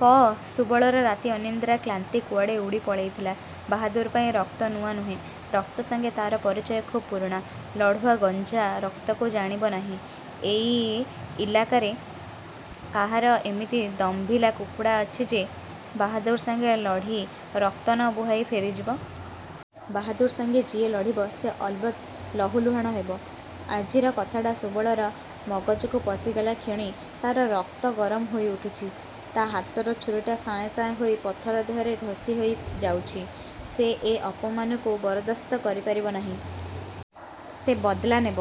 କଅ। ସୁବଳର ରାତି ଅନିଦ୍ରା କ୍ଳାନ୍ତି କୁଆଡ଼େ ଉଡ଼ି ପଳେଇଥିଲା। ବାହାଦୁର୍ ପାଇଁ ରକ୍ତ ନୂଆ ନୁହେଁ। ରକ୍ତ ସାଙ୍ଗେ ତାର ପରିଚୟ ଖୁବ୍ ପୁରୁଣା। ଲଢ଼ୁଆ ଗଞ୍ଜା ରକ୍ତକୁ ଜାଣିବ ନାହିଁ! ଏ ଇଲାକାରେ କାହାର ଏମିତି ଦମ୍ଭିଲା କୁକୁଡ଼ା ଅଛି ଯେ ବାହାଦୁର ସାଙ୍ଗେ ଲଢ଼ି ରକ୍ତ ନ ବୁହାଇ ଫେରିଯିବ? ବାହାଦୁର ସାଙ୍ଗେ ଯିଏ ଲଢ଼ିବ, ସେ ଅଲବତ୍ ଲହୁଲୁହାଣ ହେବ। ଆଜିର କଥାଟା ସୁବଳର ମଗଜକୁ ପଶିଗଲା କ୍ଷଣି ତାର ରକ୍ତ ଗରମ ହୋଇଉଠୁଛି। ତା ହାତର ଛୁରୀଟା ସାଏଁ ସାଏଁ ହୋଇ ପଥର ଦେହରେ ଘଷି ହୋଇଯାଉଛି। ସେ ଏ ଅପମାନକୁ ବରଦାସ୍ତ କରିପାରିବ ନାହିଁ। ସେ ବଦ୍ଲା ନେବ।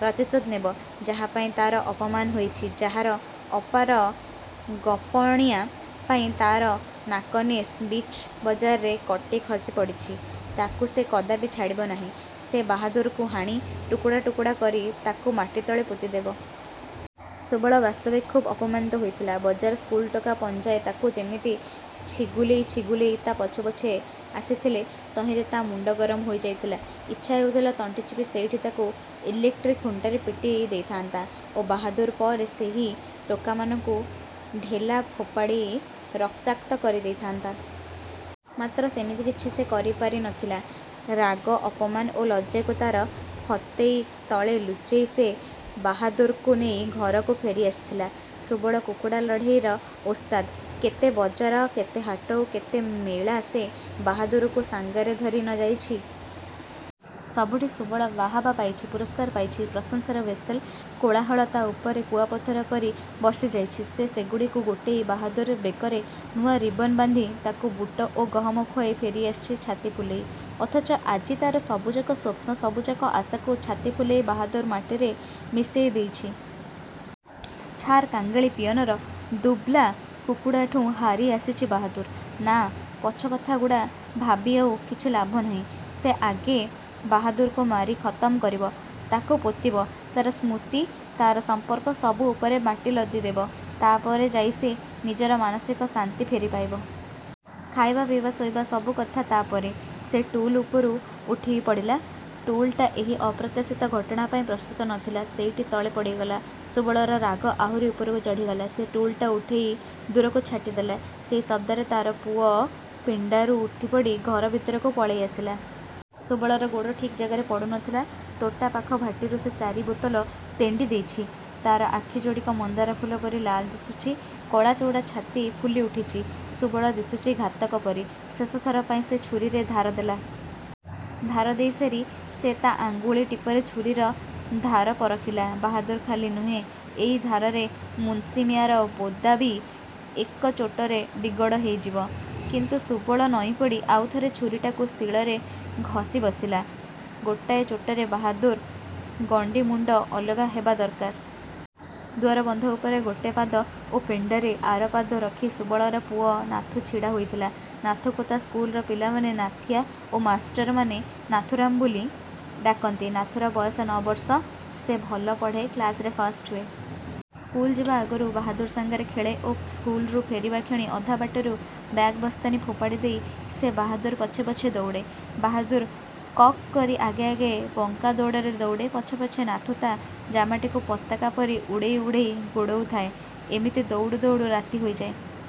ପ୍ରତିଶୋଧ ନେବ। ଯାହା ପାଇଁ ତାର ଅପମାନ ହୋଇଛି, ଯାହାର ଅପାରଗପଣିଆ ପାଇଁ ତାର ନାକନିଶ ବିଚ୍ ବଜାରରେ କଟି ଖସି ପଡ଼ିଛି, ତାକୁ ସେ କଦାପି ଛାଡ଼ିବ ନାହିଁ। ସେ ବାହାଦୁରକୁ ହାଣି, ଟୁକୁଡ଼ା ଟୁକୁଡ଼ା କରି ତାକୁ ମାଟିତଳେ ପୋତିଦେବ। ସୁବଳ ବାସ୍ତବିକ ଖୁବ୍ ଅପମାନିତ ହୋଇଥିଲା। ବଜାର ସ୍କୁଲ ଟୋକା ପଞ୍ଝାଏ ତାକୁ ଯେମିତି ଛିଗୁଲେଇ ଛିଗୁଲେଇ ତା ପଛେ ପଛେ ଆସିଥିଲେ ତହିଁରେ ତା ମୁଣ୍ଡ ଗରମ ହୋଇଯାଇଥିଲା। ଇଚ୍ଛା ହେଉଥିଲା ତଣ୍ଟିଚିପି ସେଇଠି ତାକୁ ଇଲେକ୍ଟ୍ରି ଖୁଣ୍ଟରେ ପିଟି ଦେଇଥାଆନ୍ତା ଓ ବାହାଦୁର୍ ପରେ ସେହି ଟୋକାମାନଙ୍କୁ ଢେଲା ଫୋପାଡ଼ି ରକ୍ତାକ୍ତ କରିଦେଇଥାଆନ୍ତା। ମାତ୍ର ସେମିତି କିଛି ସେ କରିପାରିନଥିଲା। ରାଗ, ଅପମାନ ଓ ଲଜ୍ଜାକୁ ତାର ଫତେଇ ତଳେ ଲୁଚେଇ ସେ ବାହାଦୁର୍କୁ ନେଇ ଘରକୁ ଫେରି ଆସିଥିଲା। ସୁବଳ କୁକୁଡ଼ା ଲଢ଼େଇର ଓସ୍ତାଦ। କେତେ ବଜାର, କେତେ ହାଟ ଓ କେତେ ମେଳା ସେ ବାହାଦୁରକୁ ସାଙ୍ଗରେ ଧରି ନ ଯାଇଛି! ସବୁଠି ସୁବଳ ବାହାବା ପାଇଛି, ପୁରସ୍କାର ପାଇଛି। ପ୍ରଶଂସାର ହ୍ୱିସିଲ, କୋଳାହଳ ତା ଉପରେ କୁଆପଥର ପରି ବର୍ଷିଯାଇଛି। ସେ ସେଗୁଡ଼ିକୁ ଗୋଟେଇ, ବାହାଦୁର୍ ବେକରେ ନୂଆ ରିବନ ବାନ୍ଧି, ତାକୁ ବୁଟ ଓ ଗହମ ଖୁଆଇ ଫେରିଆସିଛି ଛାତିଫୁଲେଇ। ଅଥଚ ଆଜି ତାର ସବୁଯାକ ସ୍ୱପ୍ନ, ସବୁଯାକ ଆଶାକୁ ଛାତିଫୁଲେଇ ବାହାଦୁର୍ ମାଟିରେ ମିଶେଇଦେଇଛି! ଛାର୍ କାଙ୍ଗାଳି ପିଅନର ଦୁବ୍ଲା କୁକୁଡ଼ାଠୁଁ ହାରି ଆସିଛି ବାହାଦୁର୍। ନା, ପଛ କଥାଗୁଡ଼ା ଭାବି ଆଉ କିଛି ଲାଭ ନାହିଁ। ସେ ଆଗେ ବାହାଦୁର୍କୁ ମାରି ଖତମ୍ କରିବ। ତାକୁ ପୋତିବ, ତାର ସ୍ମୃତି, ତାର ସମ୍ପର୍କ ସବୁ ଉପରେ ମାଟି ଲଦିଦେବ। ତାପରେ ଯାଇ ସେ ନିଜର ମାନସିକ ଶାନ୍ତି ଫେରି ପାଇବ। ଖାଇବା, ପିଇବା, ଶୋଇବା–ସବୁ କଥା ତାପରେ। ସେ ଟୁଲ ଉପରୁ ଉଠିପଡ଼ିଲା। ଟୁଲଟା ଏହି ଅପ୍ରତ୍ୟାଶିତ ଘଟଣା ପାଇଁ ପ୍ରସ୍ତୁତ ନଥିଲା। ସେଇଟି ତଳେ ପଡ଼ିଗଲା। ସୁବଳର ରାଗ ଆହୁରି ଉପରକୁ ଚଢ଼ିଗଲା। ସେ ଟୁଲଟା ଉଠେଇ ଦୂରକୁ ଛାଟିଦେଲା। ସେଇ ଶବ୍ଦରେ ତାର ପୁଅ ପିଣ୍ଡାରୁ ଉଠିପଡ଼ି ଘର ଭିତରକୁ ପଳେଇ ଆସିଲା। ସୁବଳର ଗୋଡ଼ ଠିକ୍ ଜାଗାରେ ପଡ଼ୁ ନଥିଲା। ତୋଟା ପାଖ ଭାଟିରୁ ସେ ଚାରି ବୋତଲ ତେଣ୍ଡିଦେଇଛି। ତାର ଆଖିଯୋଡ଼ିକ ମନ୍ଦାର ଫୁଲ ପରି ଲାଲ୍ ଦିଶୁଛି। କଳା ଚଉଡ଼ା ଛାତି ଫୁଲିଉଠୁଛି। ସୁବଳ ଦିଶୁଛି ଘାତକ ପରି। ଶେଷଥର ପାଇଁ ସେ ଛୁରୀରେ ଧାର ଦେଲା। ଧାର ଦେଇସାରି ସେ ତା ଆଙ୍ଗୁଳି ଟିପରେ ଛୁରୀର ଧାର ପରଖିଲା। ବାହାଦୁର ଖାଲି ନୁହେଁ, ଏଇ ଧାରରେ ମୁନ୍ସି ମିଆଁର ବୋଦା ବି ଏକାଚୋଟରେ ଦିଗଡ଼ ହୋଇଯିବ। କିନ୍ତୁ ସୁବଳ ନଇଁପଡ଼ି ଆଉଥରେ ଛୁରୀଟାକୁ ଶିଳରେ ଘଷି ବସିଲା। ଗୋଟାଏ ଚୋଟରେ ବାହାଦୁର୍ର ଗଣ୍ଡି ମୁଣ୍ଡ ଅଲଗା ହେବା ଦରକାର। ଦୁଆର ବନ୍ଧ ଉପରେ ଗୋଟେ ପାଦ ଓ ପିଣ୍ଡାରେ ଆର ପାଦ ରଖି ସୁବଳର ପୁଅ ନାଥୁ ଛିଡ଼ା ହୋଇଥିଲା। ନାଥୁକୁ ତା ସ୍କୁଲର ପିଲାମାନେ ନାଥିଆ ଓ ମାଷ୍ଟରମାନେ ନାଥୁରାମ ବୋଲି ଡାକନ୍ତି। ନାଥୁର ବୟସ ନଅ ବର୍ଷ। ସେ ଭଲ ପଢ଼େ, କ୍ଲାସରେ ଫାଷ୍ଟ ହୁଏ। ସ୍କୁଲ ଯିବା ଆଗରୁ ବାହାଦୁର ସାଙ୍ଗରେ ଖେଳେ ଓ ସ୍କୁଲରୁ ଫେରିବା କ୍ଷଣି ଅଧାବାଟରୁ ବ୍ୟାଗ ବସ୍ତାନି ଫୋପାଡ଼ି ଦେଇ ସେ ବାହାଦୁର ପଛେ ପଛେ ଦଉଡ଼େ। ବାହାଦୁର କକ୍କକ୍ କରି ଆଗେ ଆଗେ ବଙ୍କା ଦଉଡ଼ରେ ଦଉଡ଼େ, ପଛେ ପଛେ ନାଥୁ ତା ଜାମାଟିକୁ ପତାକା ପରି ଉଡ଼େଇ ଉଡ଼େଇ ଗୋଡ଼ଉଥାଏ। ଏମିତି ଦଉଡୁ ଦଉଡୁ ରାତି ହୋଇଯାଏ।